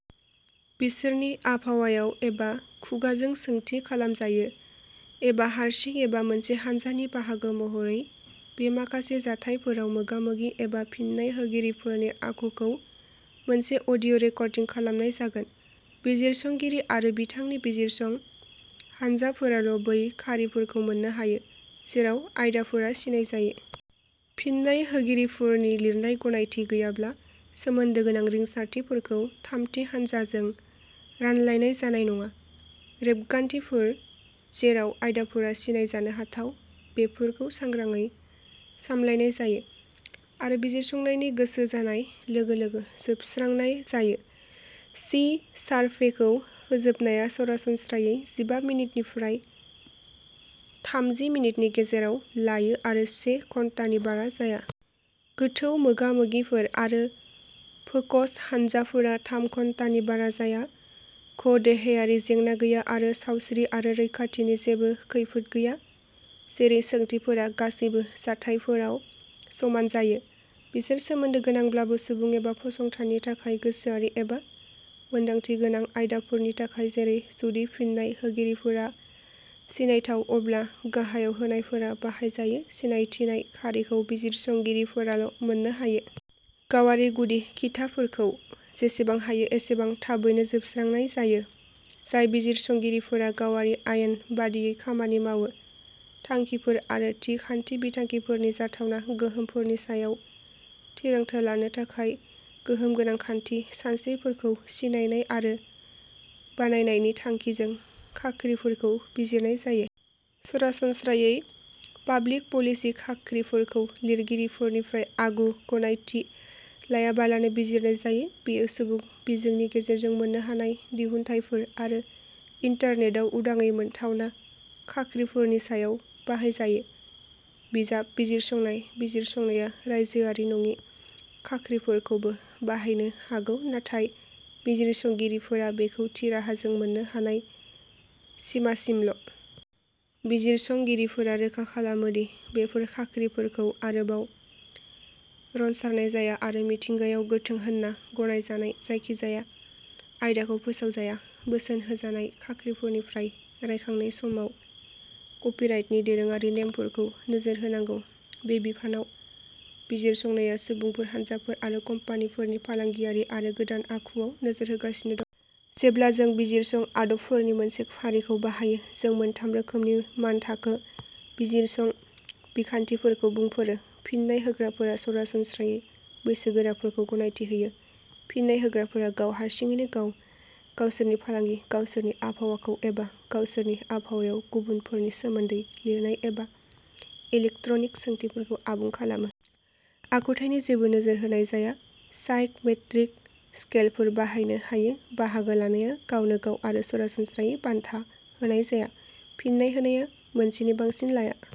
बिसोरनि आबहावायाव एबा खुगाजों सोंथि खालामजायो एबा हारसिं एबा मोनसे हान्जानि बाहागो महरै बि माखासे जाथायफोराव मोगा मोगि एबा फिन्नाय होगिरिफोरनि आखुखौ मोनसे अडिअ रेकर्डिं खालामनाय जागोन। बिजिरसंगिरि आरो बिथांनि बिजिरसं हानजाफोराल' बै खारिफोरखौ मोननो हायो, जेराव आयदाफोरा सिनायजायो। फिन्नाय होगिरिफोरनि लिरनाय गनायथि गैयाब्ला सोमोन्दो गोनां रिंसारथिफोरखौ थामथि हानजाजों रानलायनाय जानाय नङा। रेबगान्थिफोर जेराव आयदाफोरा सिनायजानो हाथाव बेफोरखौ सांग्राङै सामलायनाय जायो आरो बिजिरसंनायनि गोसो जानाय लोगो लोगो फोजोबस्रांनाय जायो। सि सारभेखौ फोजोबनाया सरासनस्रायै जिबा मिनिटनिफ्राय थामजि मिनिटनि गेजेराव लायो आरो से घन्टानि बारा जाया। गोथौ मोगा मोगिफोर आरो फोकस हानजाफोरा थाम घन्टानि बारा जाया। क देहायारि जेंना गैया आरो सावस्रि आरो रैखाथिनि जेबो खैफोद गैया। जेरै सोंथिफोरा गासैबो जाथायफोराव समान जायो। बिसोर सोमोन्दो गोनांब्लाबो सुबुं एबा फसंथाननि थाखाय गोसोआरि एबा मोनदांथि गोनां आयदाफोरनि थाखाय जेरै जुदि फिन्नाय होगिरिफोरा सिनायथाव अब्ला गाहायाव होनायफोरा बाहायजायो सिनायथिनाय खारिखौ बिजिरसंगिरिफोराल' मोननो हायो। गावारि गुदि खिथाफोरखौ जेसेबां हायो एसेबां थाबैनो जोबस्रांनाय जायो। जाय बिजिरसंगिरिफोरा गावारि आयेन बादियै खामानि मावो। थांखिफोर आरो थि खान्थि बिथांखिफोरनि जाथावना गोहोमफोरनि सायाव थिरांथा लानो थाखाय गोहोम गोनां खान्थि सानस्रिफोरखौ सिनायनाय आरो बानायनायनि थांखिजों खाख्रिफोरखौ बिजिरनाय जायो। सरासनस्रायै पाब्लिक पलिसि खाख्रिफोरखौ लिरगिरिफोरनिफ्राय आगु गनायथि लायालाबानो बिजिरनाय जायो। बेयो सुबुं बिजोंनि गेजेरजों मोननो हानाय दिहुनथायफोर आरो इन्टारनेटआव उदाङै मोनथावना खाख्रिफोरनि सायाव बाहायजायो। बिजाब बिजिरसंनाय बिजिरसंनाया रायजोआरि नङि खाख्रिफोरखौबो बाहायनो हागौ। नाथाय बिजिरसंगिरिफोरा बेफोरखौ थि राहाजों मोननो हानाय सिमासिमल'। बिजिरसंगिरिफोरा रोखा खालामो दि बेफोर खाख्रिफोरखौ आरोबाव रनसारनाय जाया आरो मिथिंगायाव गोथों होनना गनायजानाय जायखिजाया आयदाखौ फोसावजाया। बोसोन होजानाय खाख्रिफोरनिफ्राय रायखांनाय समाव कपिराइटनि दोरोङारि नेमफोरखौ नोजोर होनांगौ। बे बिफानाव बिजिरसंनाया सुबुंफोर हानजाफोर आरो कम्पानिफोरनि फालांगियारि आरो गोदान आखु नोजोर होगासिनो दं। जेब्ला जों बिजिरसं आदबफोरनि मोनसे फारिखौ बाहायो जों मोनथाम रोखोमनि मानथाखो बिजिरसं बिखान्थिफोरखौ बुंफोरो। फिन्नाय होग्राफोरा सरासनस्रायै बैसोगोराफोरखौ गनायथि होयो। फिन्नाय होग्राफोरा गाव हारसिङैनो गाव गावसोरनि फालांगि गावसोरनि आबहावाखौ एबा गावसोरनि आबहावायाव गुबुनफोरनि सोमोन्दै लिरनाय एबा इलेक्ट्रनिक सोंथिफोरखौ आबुं खालामो। आखुथायनि जेबो नोजोर होनाय जाया। साइक मेट्रिक स्केलफोर बाहायनो हायो। बाहागो लानाया गावनोगाव आरो सरासनस्रायै बान्था होनाय जाया। फिन्नाय होनाया मोनसेनि बांसिन लाया।